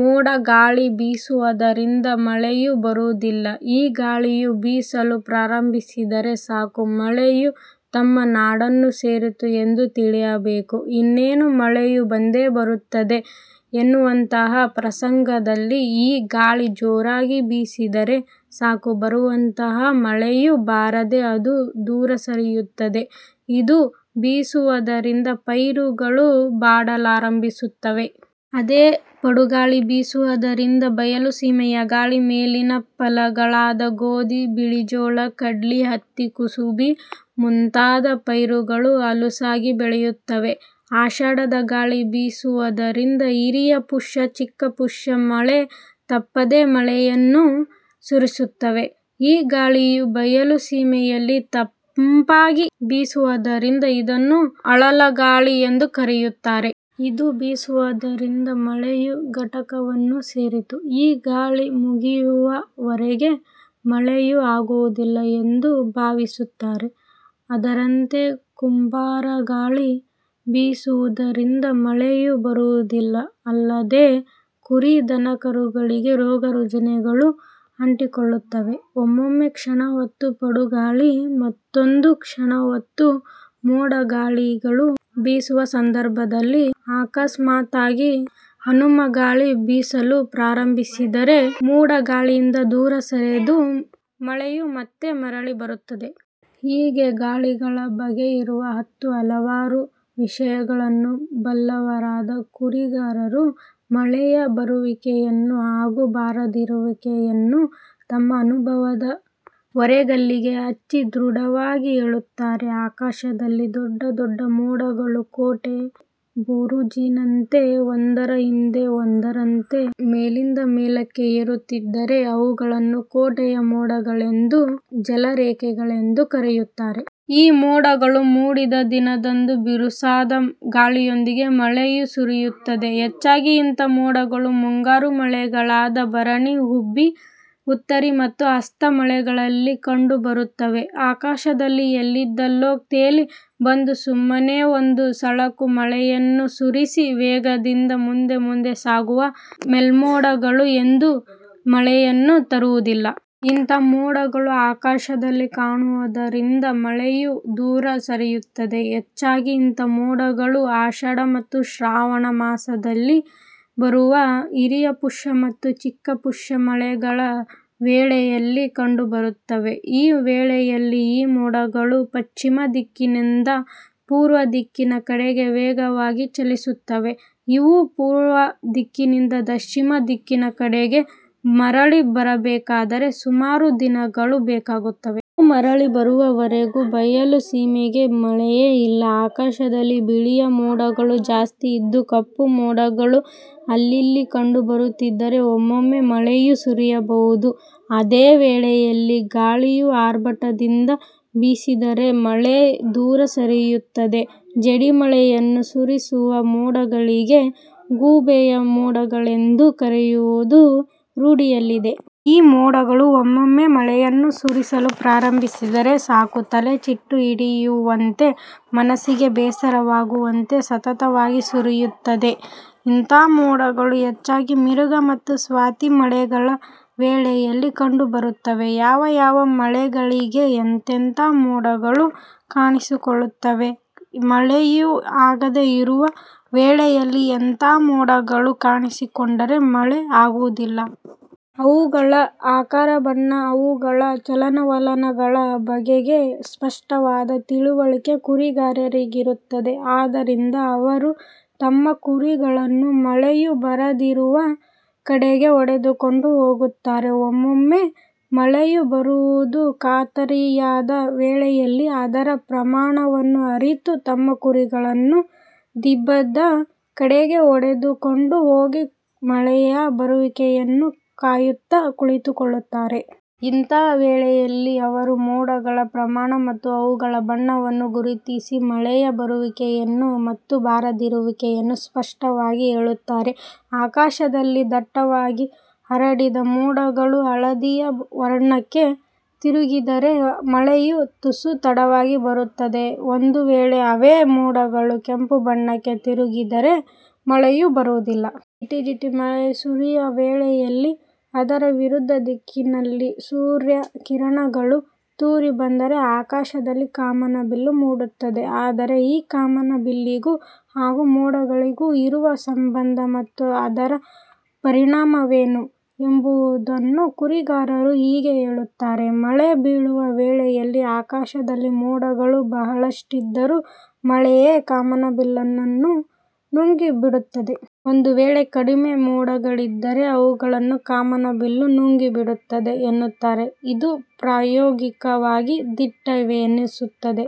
ಮೂಡಗಾಳಿ ಬೀಸುವುದರಿಂದ ಮಳೆಯು ಬರುವುದಿಲ್ಲ. ಈ ಗಾಳಿಯು ಬೀಸಲು ಪ್ರಾರಂಭಿಸಿದರೆ ಸಾಕು ಮಳೆಯು ತಮ್ಮ ನಾಡನ್ನು ಸೇರಿತು ಎಂದು ತಿಳಿಯಬೇಕು. ಇನ್ನೇನು ಮಳೆಯು ಬಂದೇ ಬರುತ್ತದೆ ಎನ್ನುವಂತಹ ಪ್ರಸಂಗದಲ್ಲಿ ಈ ಗಾಳಿ ಜೋರಾಗಿ ಬೀಸಿದರೆ ಸಾಕು ಬರುವಂತಹ ಮಳೆಯು ಬಾರದೆ ಅದು ದೂರ ಸರಿಯುತ್ತದೆ. ಇದು ಬೀಸುವುದರಿಂದ ಪೈರುಗಳು ಬಾಡಲಾರಂಭಿಸುತ್ತವೆ. ಅದೆ ಪಡುಗಾಳಿ ಬೀಸುವುದರಿಂದ ಬಯಲು ಸೀಮೆಯ ಗಾಳಿ ಮೇಲಿನ ಫಲಗಳಾದ ಗೋಧಿ, ಬಿಳಿಜೋಳ, ಕಡ್ಲಿ, ಹತ್ತಿ, ಕುಸುಬಿ ಮುಂತಾದ ಪೈರುಗಳು ಹುಲುಸಾಗಿ ಬೆಳೆಯುತ್ತವೆ. ಆಷಾಢದ ಗಾಳಿ ಬೀಸುವುದರಿಂದ ಹಿರಪುಷ್ಯ, ಚಿಕಪುಷ್ಯ ಮಳೆ ತಪ್ಪದೆ ಮಳೆಯನ್ನು ಸುರಿಸುತ್ತವೆ. ಈ ಗಾಳಿಯು ಬಯಲು ಸೀಮೆಯಲ್ಲಿ ತಂಪಾಗಿ ಬೀಸುವುದರಿಂದ ಇದನ್ನು ಅಳಲಗಾಳಿ ಎಂದು ಕರೆಯುತ್ತಾರೆ. ಇದು ಬೀಸುವುದರಿಂದ ಮಳೆಯು ಘಟ್ಟವನ್ನು ಸೇರಿತು; ಈ ಗಾಳಿ ಮುಗಿಯುವವರೆಗೆ ಮಳೆಯು ಆಗುವುದಿಲ್ಲ ಎಂದು ಬಾವಿಸುತ್ತಾರೆ. ಅದರಂತೆ ಕುಂಬಾರಗಾಳಿ ಬೀಸುವುದರಿಂದ ಮಳೆಯು ಬರುವುದಿಲ್ಲ ಅಲ್ಲದೆ ಕುರಿ-ದನಕರುಗಳಿಗೆ ರೋಗರುಜಿನಗಳು ಅಂಟಿಕೊಳ್ಳುತ್ತವೆ. ಒಮ್ಮೊಮ್ಮೆ ಕ್ಷಣ ಹೊತ್ತು ಪಡುಗಾಳಿ ಮತ್ತೊಂದು ಕ್ಷಣ ಹೊತ್ತು ಮೋಡಗಾಳಿಗಳು ಬೀಸುವ ಸಂದರ್ಭದಲ್ಲಿ ಅಕಸ್ಮಾತಾಗಿ ಹನುಮಗಾಳಿ ಬೀಸಲು ಪ್ರಾರಂಬಿಸಿದರೆ ಮೂಡಗಾಳಿಯಿಂದ ದೂರ ಸರಿದ ಮಳೆಯು ಮತ್ತೆ ಮರಳಿ ಬರುತ್ತದೆ. ಹೀಗೆ ಗಾಳಿಗಳ ಬಗೆಗಿರುವ ಹತ್ತು ಹಲವಾರು ವಿಷಯಗಳನ್ನು ಬಲ್ಲವರಾದ ಕುರಿಗಾರರು ಮಳೆಯ ಬರುವಿಕೆಯನ್ನು ಹಾಗೂ ಬಾರದಿರುವಿಕೆಯನ್ನು ತಮ್ಮ ಅನುಭವದ ಒರೆಗಲ್ಲಿಗೆ ಹಚ್ಚಿ ದೃಢವಾಗಿ ಹೇಳುತ್ತಾರೆ. ಆಕಾಶದಲ್ಲಿ ದೊಡ್ಡ ದೊಡ್ಡ ಮೋಡಗಳು ಕೋಟೆಯ ಬುರುಜಿನಂತೆ ಒಂದರ ಹಿಂದೆ ಒಂದರಂತೆ ಮೇಲಿಂದ ಮೇಲಕ್ಕೆ ಏರುತ್ತಿದ್ದರೆ ಅವುಗಳನ್ನು ಕೋಟೆಯ ಮೋಡಗಳೆಂದು, ಜಲರೇಖೆಗಳೆಂದು ಕರೆಯುತ್ತಾರೆ. ಈ ಮೋಡಗಳು ಮೂಡಿದ ದಿನದಂದು ಬಿರುಸಾದ ಗಾಳಿಯೊಂದಿಗೆ ಮಳೆಯು ಸುರಿಯುತ್ತದೆ. ಹೆಚ್ಚಾಗಿ ಇಂಥ ಮೋಡಗಳು ಮುಂಗಾರು ಮಳೆಗಳಾದ ಭರಣಿ, ಹುಬ್ಬಿ, ಉತ್ತರಿ ಮತ್ತು ಹಸ್ತಾ ಮಳೆಗಳಲ್ಲಿ ಕಂಡು ಬರುತ್ತವೆ. ಆಕಾಶದಲ್ಲಿ ಎಲ್ಲಿಂದಲೋ ತೇಲಿ ಬಂದು ಸುಮ್ಮನೆ ಒಂದು ಸಳಕು ಮಳೆಯನ್ನು ಸುರಿಸಿ ವೇಗದಿಂದ ಮುಂದೆ ಮುಂದೆ ಸಾಗುವ ಮೇಲ್ಮೋಡಗಳು ಎಂದೂ ಮಳೆಯನ್ನು ತರುವುದಿಲ್ಲ. ಇಂಥ ಮೋಡಗಳು ಆಕಾಶದಲ್ಲಿ ಕಾಣುವುದರಿಂದ ಮಳೆಯು ದೂರ ಸರಿಯುತ್ತದೆ. ಹೆಚ್ಚಾಗಿ ಇಂಥ ಮೋಡಗಳು ಆಷಾಢ ಮತ್ತು ಶ್ರಾವಣ ಮಾಸದಲ್ಲಿ ಬರುವ ಹಿರಪುಷ್ಯ ಮತ್ತು ಚಿಕಪುಷ್ಯ ಮಳೆಗಳ ವೇಳೆಯಲ್ಲಿ ಕಂಡುಬರುತ್ತವೆ. ಈ ವೇಳೆಯಲ್ಲಿ ಈ ಮೋಡಗಳು ಪಶ್ಚಿಮ ದಿಕ್ಕಿನೆಂದ ಪೂರ್ವದಿಕ್ಕಿನ ಕಡೆಗೆ ವೇಗವಾಗಿ ಚಲಿಸುತ್ತವೆ. ಇವು ಪೂರ್ವ ದಿಕ್ಕಿನಿಂದ ದಶ್ಚಿಮ ದಿಕ್ಕಿನ ಕಡೆಗೆ ಮರಳಿ ಬರಬೇಕಾದರೆ ಸುಮಾರು ದಿನಗಳು ಬೇಕಾಗುತ್ತವೆ. ಇವು ಮರಳಿ ಬರುವವರೆಗೂ ಬಯಲು ಸೀಮೆಗೆ ಮಳೆಯೇ ಇಲ್ಲ. ಆಕಾಶದಲ್ಲಿ ಬಿಳಿಯ ಮೋಡಗಳು ಜಾಸ್ತಿ ಇದ್ದು ಕಪ್ಪು ಮೋಡಗಳು ಅಲ್ಲಲ್ಲಿ ಕಂಡು ಬರುತ್ತಿದ್ದರೆ ಒಮ್ಮೊಮ್ಮೆ ಮಳೆಯು ಸುರಿಯಬಹುದು. ಅದೇ ವೇಳೆಯಲ್ಲಿ ಗಾಳಿಯು ಆರ್ಭಟದಿಂದ ಬೀಸಿದರೆ ಮಳೆ ದೂರ ಸರಿಯುತ್ತದೆ. ಜಡಿಮಳೆಯನ್ನು ಸುರಿಸುವ ಮೋಡಗಳಿಗೆ ಗೂಬೆಯ ಮೋಡಗಳೆಂದು ಕರೆಯುವುದು ರೂಢಿಯಲ್ಲಿದೆ. ಈ ಮೋಡಗಳು ಒಮ್ಮೊಮ್ಮೆ ಮಳೆಯನ್ನು ಸುರಿಸಲು ಪ್ರಾರಂಭಿಸಿದರೆ ಸಾಕು ತೆಲೆ ಚಿಟ್ಟು ಹಿಡಿಯುವಂತೆ ಮನಸ್ಸಿಗೆ ಬೇಸರವಾಗುವಂತೆ ಸತತವಾಗಿ ಸುರಿಯುತ್ತದೆ. ಇಂಥ ಮೋಡಗಳು ಹೆಚ್ಚಾಗಿ ಮಿರಗ ಮತ್ತು ಸ್ವಾತಿ ಮಳೆಗಳ ವೇಳೆಯಲ್ಲಿ ಕಂಡುಬರುತ್ತವೆ. ಯಾವ ಯಾವ ಮಳೆಗಳಿಗೆ ಎಂತೆಂಥ ಮೋಡಗಳು ಕಾಣಿಸಿಕೊಳ್ಳುತ್ತವೆ. ಮಳೆಯು ಆಗದೆ ಇರುವ ವೇಳೆಯಲ್ಲಿ ಎಂಥ ಮೋಡಗಳು ಕಾಣಿಸಿಕೊಂಡರೆ ಮಳೆ ಆಗುತ್ತದೆ. ಅವುಗಳ ಆಕಾರ, ಬಣ್ಣ, ಅವುಗಳ ಚಲನವಲನಗಳ ಬಗೆಗೆ ಸ್ಪಷ್ಟವಾದ ತಿಳುವಳಿಕೆ ಕುರಿಗಾರರಿಗಿರುತ್ತದೆ. ಆದ್ದರಿಂದ ಅವರು ತಮ್ಮ ಕುರಿಗಳನ್ನು ಮಳೆಯು ಬರದಿರುವ ಕಡೆಗೆ ಹೊಡೆದುಕೊಂಡು ಹೋಗುತ್ತಾರೆ. ಒಮ್ಮೊಮ್ಮೆ ಮಳೆಯು ಬರುವುದು ಕಾತರಿಯಾದ ವೇಳೆಯಲ್ಲಿ ಅದರ ಪ್ರಮಾಣವನ್ನು ಅರಿತು ತಮ್ಮ ಕುರಿಗಳನ್ನು ದಿಬ್ಬದ ಕಡೆಗೆ ಹೊಡಿದುಕೊಂಡು ಹೋಗಿ ಮಳೆಯ ಬರುವಿಕೆಯನ್ನು ಕಾಯುತ್ತ ಕುಳಿತುಕೊಳ್ಳುತ್ತಾರೆ. ಇಂಥ ವೇಳೆಯಲ್ಲಿ ಅವರು ಮೋಡಗಳ ಪ್ರಮಾಣ ಮತ್ತು ಅವುಗಳ ಬಣ್ಣವನ್ನು ಗುರುತಿಸಿ ಮಳೆಯ ಬರುವಿಕೆಯನ್ನು ಮತ್ತು ಬಾರದಿರುವಿಕೆಯನ್ನು ಸ್ಪಷ್ಟವಾಗಿ ಹೇಳುತ್ತಾರೆ. ಆಕಾಶದಲ್ಲಿ ದಟ್ಟವಾಗಿ ಹರಡಿದ ಮೋಡಗಳು ಹಳದಿಯ ವರ್ಣಕ್ಕೆ ತಿರುಗಿದರೆ ಮಳೆಯು ತುಸು ತಡವಾಗಿ ಬರುತ್ತದೆ. ಒಂದು ವೇಳೆ ಅವೆ ಮೋಡಗಳು ಕೆಂಪು ವರ್ಣಕ್ಕೆ ತಿರುಗಿದರೆ ಮಳೆಯು ಬರುವುದಿಲ್ಲ. ಜಿಟಿ-ಜಿಟಿ ಮಳೆಯು ಸುರಿಯುವ ವೇಳೆಯಲ್ಲಿ ಅದರ ವಿರುದ್ಧ ದಿಕ್ಕಿನಲ್ಲಿ ಸೂರ್ಯ ಕಿರಣಗಳು ತೂರಿ ಬಂದರೆ ಆಕಾಶದಲ್ಲಿ ಕಾಮನಬಿಲ್ಲು ಮೂಡುತ್ತದೆ. ಆದರೆ ಈ ಕಾಮನಬಿಲ್ಲಿಗೂ ಹಾಗೂ ಮೋಡಗಳಿಗೂ ಇರುವ ಸಂಬಂಧ ಮತ್ತು ಅದರ ಪರಿಣಾಮವೇನು? ಎಂಬುದನ್ನು ಕುರಿಗಾರರು ಹೀಗೆ ಹೇಳುತ್ತಾರೆ. 'ಮಳೆ ಬೀಳುವ ವೇಳೆಯಲ್ಲಿ ಆಕಾಶದಲ್ಲಿ ಮೋಡಗಳು ಬಹಳಷ್ಟಿದ್ದರೂ ಮಳೆಯೇ ಕಾಮನಬಿಲ್ಲನ್ನು ನುಂಗಿ ಬಿಡುತ್ತದೆ. ಒಂದು ವೇಳೆ ಕಡಿಮೆ ಮೋಡಗಳಿದ್ದರೆ ಅವುಗಳನ್ನು ಕಾಮನಬಿಲ್ಲು ನುಂಗಿ ಬಿಡುತ್ತದೆ' ಎನ್ನುತ್ತಾರೆ. ಇದು ಪ್ರಾಯೋಗಿಕವಾಗಿ ದಿಟವೆನಿಸುತ್ತದೆ.